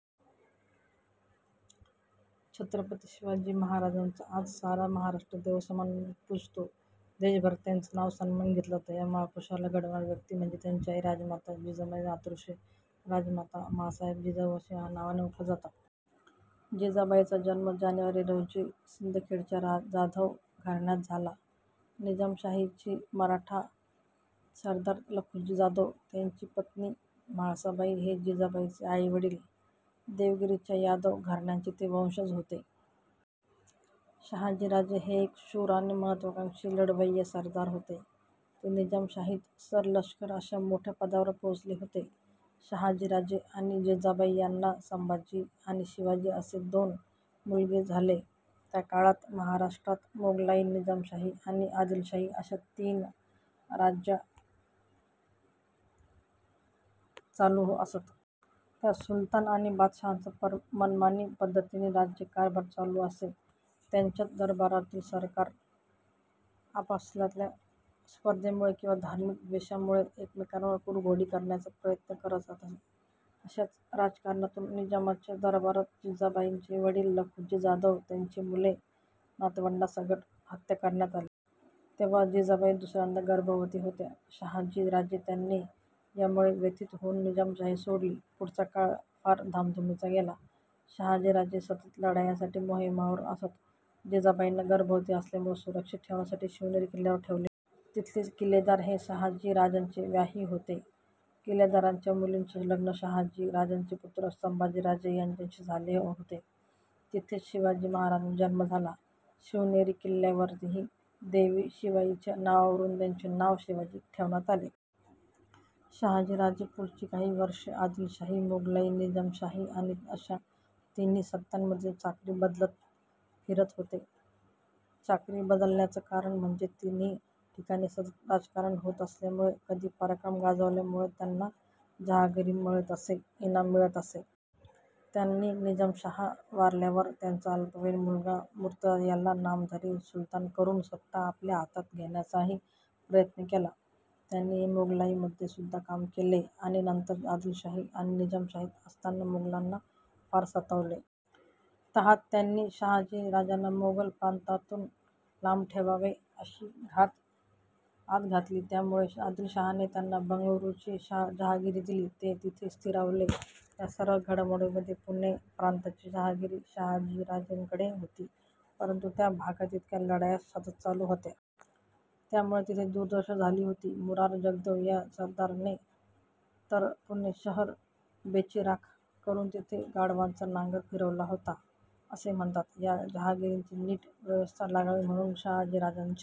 छत्रपती शिवाजी महाराजांना आज सारा महाराष्ट्र देवासमान पुजतो. देशभरात त्यांचं नाव सन्मानानं घेतलं जातं. ह्या महापुरुषाला घडवणारी व्यक्ती म्हणजे त्यांची आई. राजमाता जिजाबाई. मातोश्री, राजमाता, मांसाहेब, जिजाऊ अशा अनेक नावांनी त्यांना ओळखलं जातं. जिजाबाईंचा जन्म जानेवारी रोजी सिंदखेडराजाच्या जाधव घराण्यात झाला. निजामशाहीचे मराठा सरदार लखुजी जाधव आणि त्यांची पत्नी म्हाळसाबाई हे जिजाबाईंचे आईवडील. देवगिरीच्या यादव घराण्याचे ते वंशज होते. जिजाबाईंचे लग्न वेरूळचे सरदार मालोजीराजे भोसले यांचे सुपुत्र शहाजीराजे भोसले यांच्याशी झाला. शहाजीराजे हे एक शूर आणि महत्वाकांक्षी लढवैये सरदार होते. ते निजामशाहीत सर-लष्कर अशा मोठ्या पदावर पोहोचले होते. शहाजीराजे आणि जिजाबाई यांना संभाजी आणि शिवाजी असे दोन मुलगे झाले. त्या काळात महाराष्ट्रात मोगलाई, निजामशाही आणि आदिलशाही अशा तीन राज्यसत्तांमध्ये सतत संघर्ष आणि लढाया चालु असत. त्या सुलतान आणि बादशाहांचा मनमानी पद्धतीने राज्यकारभार चालु असे. त्यांच्याच दरबारातले सरदार आपसातल्या स्पर्धेमुळे किंवा धार्मिक द्वेषामुळे एकमेकांवर कुरघोडी करायचा प्रयत्न करत असत. अशाच राजकारणातुन निजामाच्या दरबारात जिजाबाईंचे वडील लखुजी जाधव, त्यांची मुले आणि नातवंडांसकट हत्या करण्यात आली. तेव्हा जिजाबाई दुसऱ्यांदा गर्भवती होत्या. शहाजी राजे यांनी यामुळे व्यथित होऊन निजामशाही सोडली. पुढचा काळ फार धामधुमीचा गेला. शहाजी राजे सतत लढायांसाठी मोहिमांवर असत. जिजाबाईंना गर्भवती असल्यामुळे सुरक्षित ठेवण्यासाठी शिवनेरी किल्ल्यावर ठेवले होते. तिथले किल्लेदार हे शहाजी राजांचे व्याही होते. किल्लेदाराच्या मुलीचे लग्न शहाजी राजांचे पुत्र संभाजी राजे यांच्याशी झाले होते. तिथेच शिवाजी महाराजांचा जन्म झाला. शिवनेरी किल्ल्यावरची देवी शिवाईच्या नावावरून त्यांचे नाव शिवाजी ठेवण्यात आले. शहाजी राजे पुढची काही वर्षे आदिलशाही, मोगलाई, निजामशाही अशा तिन्ही सत्तांमध्ये चाकरी बदलत फिरत होते. चाकरी बदलण्याच कारण म्हणजे तिन्ही ठिकाणी सतत राजकारण होत असल्यामुळे कधी पराक्रम गाजवल्यामुळे त्यांना जहागिरी मिळत असे, इनाम मिळत असे तर काही दिवसांनी त्यांच्याच विरुद्ध काही षडयंत्र होत असे. त्यांनी निजामशहा वारल्यावर त्याचा अल्पवयीन मुलगा मुर्तझा याला नामधारी सुलतान करून सत्ता आपल्या हाती घेण्याचाही प्रयत्न केला. त्यांनी मोगलाईमध्ये सुद्धा काम केले आणि नंतर आदिलशाही आणि निजामशाहीत असताना मोगलांना फार सतावले सुद्धा शेवटी मोगल बादशाह शहाजहान आणि आदिलशाह यांच्यात तह झाला. तहात त्यांनी शहाजी राजांना मोगल प्रांतापासुन लांब ठेवावे अशी आत घातली. त्यामुळे आदिलशाहने त्यांना बंगळुरूची जहागिरी दिली. ते तिथे स्थिरावले. ह्या सर्व घडामोडींमध्ये पुणे प्रांताची जहागिरी शहाजीराजांकडे होती परंतु त्या भागात इतक्या लढाया सतत चालु होत्या आणि त्यात दुष्काळ पडून गेला होता. त्यामुळे तिथे दुर्दशा झाली होती. मुरार जगदेव या सरदाराने तर पुणे शहर बेचिराख करून तिथे गाढवाचा नांगर फिरवला होता असे म्हणतात. या जहागिरीची नीट व्यवस्था लागावी म्हणून शहाजीराजांनी